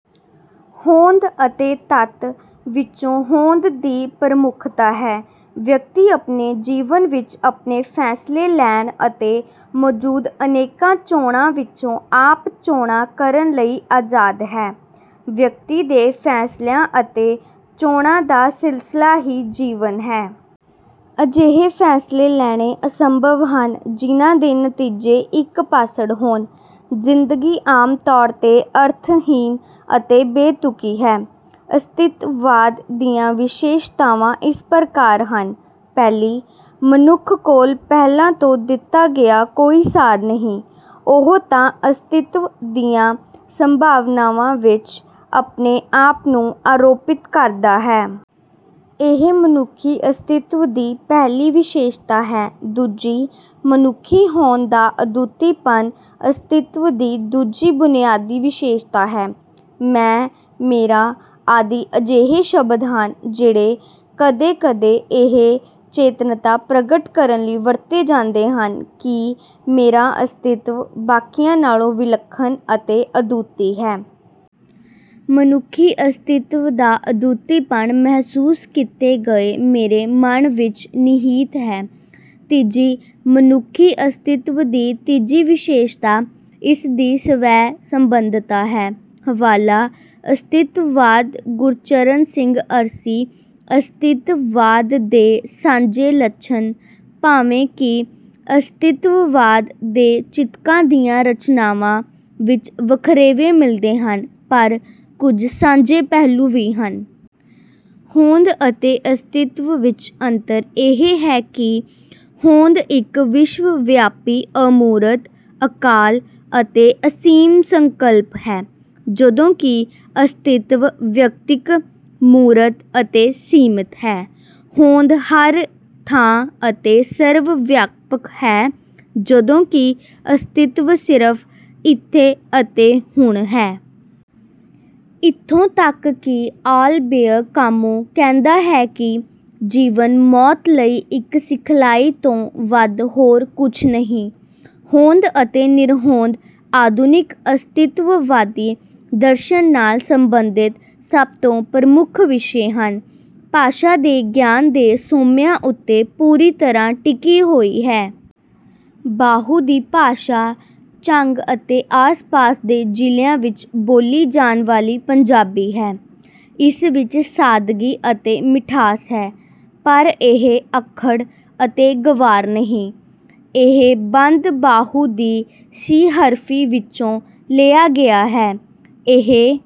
ਹੋਂਦ ਅਤੇ ਤੱਤ ਵਿੱਚੋਂ ਹੋਂਦ ਦੀ ਪ੍ਰਮੁੱਖਤਾ ਹੈ। ਵਿਅਕਤੀ ਆਪਣੇ ਜੀਵਨ ਵਿੱਚ ਆਪਣੇ ਫ਼ੈਸਲੇ ਲੈਣ ਅਤੇ ਮੌਜੂਦ ਅਨੇਕਾਂ ਚੋਣਾਂ ਵਿੱਚੋਂ ਆਪ ਚੋਣਾਂ ਕਰਨ ਲਈ ਆਜ਼ਾਦ ਹੈ। ਵਿਅਕਤੀ ਦੇ ਫ਼ੈਸਲਿਆਂ ਅਤੇ ਚੋਣਾਂ ਦਾ ਸਿਲਸਿਲਾ ਹੀ ਜੀਵਨ ਹੈ। ਅਜਿਹੇ ਫ਼ੈਸਲੇ ਲੈਣੇ ਅਸੰਭਵ ਹਨ ਜਿਨ੍ਹਾਂ ਦੇ ਨਤੀਜੇ ਇੱਕ-ਪਾਸੜ ਹੋਣ। ਜ਼ਿੰਦਗੀ ਆਮ ਤੌਰ 'ਤੇ ਅਰਥਹੀਣ ਅਤੇ ਬੇਤੁਕੀ ਹੈ। ਅਸਤਿਤਵਾਦ ਦੀਆਂ ਵਿਸ਼ੇਸ਼ਤਾਵਾਂ ਇਸ ਪ੍ਰਕਾਰ ਹਨ। ਪਹਿਲੀ, ਮਨੁੱਖ ਕੋਲ ਪਹਿਲਾਂ ਤੋਂ ਦਿੱਤਾ ਗਿਆ ਕੋਈ ਸਾਰ ਨਹੀਂ, ਉਹ ਤਾਂ ਅਸਤਿਤਵ ਦੀਆਂ ਸੰਭਾਵਨਾਵਾਂ ਵਿੱਚ ਆਪਣੇ ਆਪ ਨੂੰ ਆਰੋਪਿਤ ਕਰਦਾ ਹੈ। ਇਹ ਮਨੁੱਖੀ ਅਸਤਿਤਵ ਦੀ ਪਹਿਲੀ ਵਿਸ਼ੇਸ਼ਤਾ ਹੈ। ਦੂਜੀ, ਮਨੁੱਖੀ ਹੋਂਦ ਦਾ ਅਦੁੱਤੀਪਨ ਅਸਤਿਤਵ ਦੀ ਦੂਜੀ ਬੁਨਿਆਦੀ ਵਿਸ਼ੇਸ਼ਤਾ ਹੈ। ਮੈਂ, ਮੇਰਾ ਆਦਿ ਅਜਿਹੇ ਸ਼ਬਦ ਹਨ ਜਿਹੜੇ ਕਦੇ-ਕਦੇ ਇਹ ਚੇਤਨਤਾ ਪ੍ਰਗਟ ਕਰਨ ਲਈ ਵਰਤੇ ਜਾਂਦੇ ਹਨ ਕਿ ਮੇਰਾ ਅਸਤਿਤਵ ਬਾਕੀਆਂ ਨਾਲੋਂ ਵਿਲੱਖਣ ਅਤੇ ਅਦੁੱਤੀ ਹੈ। ਮਨੁੱਖੀ ਅਸਤਿਤਵ ਦਾ ਅਦੁੱਤੀਪਨ ਮਹਿਸੂਸ ਕੀਤੇ ਗਏ ਮੇਰੇ ਮਨ ਵਿੱਚ ਨਿਹਿਤ ਹੈ। ਤੀਜੀ, ਮਨੁੱਖੀ ਅਸਤਿਤਵ ਦੀ ਤੀਜੀ ਵਿਸ਼ੇਸ਼ਤਾ ਇਸ ਦੀ ਸਵੈ-ਸਬੰਧਤਾ ਹੈ। ਹਵਾਲਾ: ਅਸਤਿਤਵਾਦ, ਗੁਰਚਰਨ ਸਿੰਘ ਅਰਸ਼ੀ, ਅਸਤਿਤਵਾਦ ਦੇ ਸਾਂਝੇ ਲੱਛਣ। ਭਾਵੇਂ ਕਿ ਅਸਤਿਤਵਵਾਦ ਦੇ ਚਿਤਕਾਂ ਦੀਆਂ ਰਚਨਾਵਾਂ ਵਿੱਚ ਵੱਖਰੇਵੇਂ ਮਿਲਦੇ ਹਨ, ਪਰ ਕੁਝ ਸਾਂਝੇ ਪਹਿਲੂ ਵੀ ਹਨ। ਹੋਂਦ ਅਤੇ ਅਸਤਿਤਵ ਵਿੱਚ ਅੰਤਰ ਇਹ ਹੈ ਕਿ ਹੋਂਦ ਇੱਕ ਵਿਸ਼ਵ ਵਿਆਪੀ, ਅਮੂਰਤ, ਅਕਾਲ ਅਤੇ ਅਸੀਮ ਸੰਕਲਪ ਹੈ, ਜਦੋਂਕਿ ਅਸਤਿਤਵ ਵਿਅਕਤਿਕ, ਮੂਰਤ ਅਤੇ ਸੀਮਤ ਹੈ। ਹੋਂਦ ਹਰ ਥਾਂ ਅਤੇ ਸਰਵ-ਵਿਆਪਕ ਹੈ ਜਦੋਂ ਕਿ ਅਸਤਿਤਵ ਸਿਰਫ਼ ਇੱਥੇ ਅਤੇ ਹੁਣ ਹੈ। ਇੱਥੋਂ ਤੱਕ ਕਿ ਆਲਬੇਅਰ ਕਾਮੂ ਕਹਿੰਦਾ ਹੈ ਕਿ ਜੀਵਨ ਮੌਤ ਲਈ ਇੱਕ ਸਿਖਲਾਈ ਤੋਂ ਵੱਧ ਹੋਰ ਕੁਝ ਨਹੀਂ। ਹੋਂਦ ਅਤੇ ਨਿਰਹੋਂਦ ਆਧੁਨਿਕ ਅਸਤਿਤਵਵਾਦੀ ਦਰਸ਼ਨ ਨਾਲ ਸਬੰਧਤ ਸਭ ਤੋਂ ਪ੍ਰਮੁੱਖ ਵਿਸ਼ੇ ਹਨ। ਭਾਸ਼ਾ ਦੇ ਗਿਆਨ ਦੇ ਸੋਮਿਆਂ ਉੱਤੇ ਪੂਰੀ ਤਰ੍ਹਾਂ ਟਿਕੀ ਹੋਈ ਹੈ। ਬਾਹੂ ਦੀ ਭਾਸ਼ਾ ਝੰਗ ਅਤੇ ਆਸ-ਪਾਸ ਦੇ ਜ਼ਿਲ੍ਹਿਆਂ ਵਿੱਚ ਬੋਲੀ ਜਾਣ ਵਾਲੀ ਪੰਜਾਬੀ ਹੈ। ਇਸ ਵਿੱਚ ਸਾਦਗੀ ਅਤੇ ਮਿਠਾਸ ਹੈ ਪਰ ਇਹ ਅੱਖੜ ਅਤੇ ਗਵਾਰ ਨਹੀਂ। ਇਹ ਬੰਦ ਬਾਹੂ ਦੀ ਸੀਹਰਫ਼ੀ ਵਿੱਚੋਂ ਲਿਆ ਗਿਆ ਹੈ। ਇਹ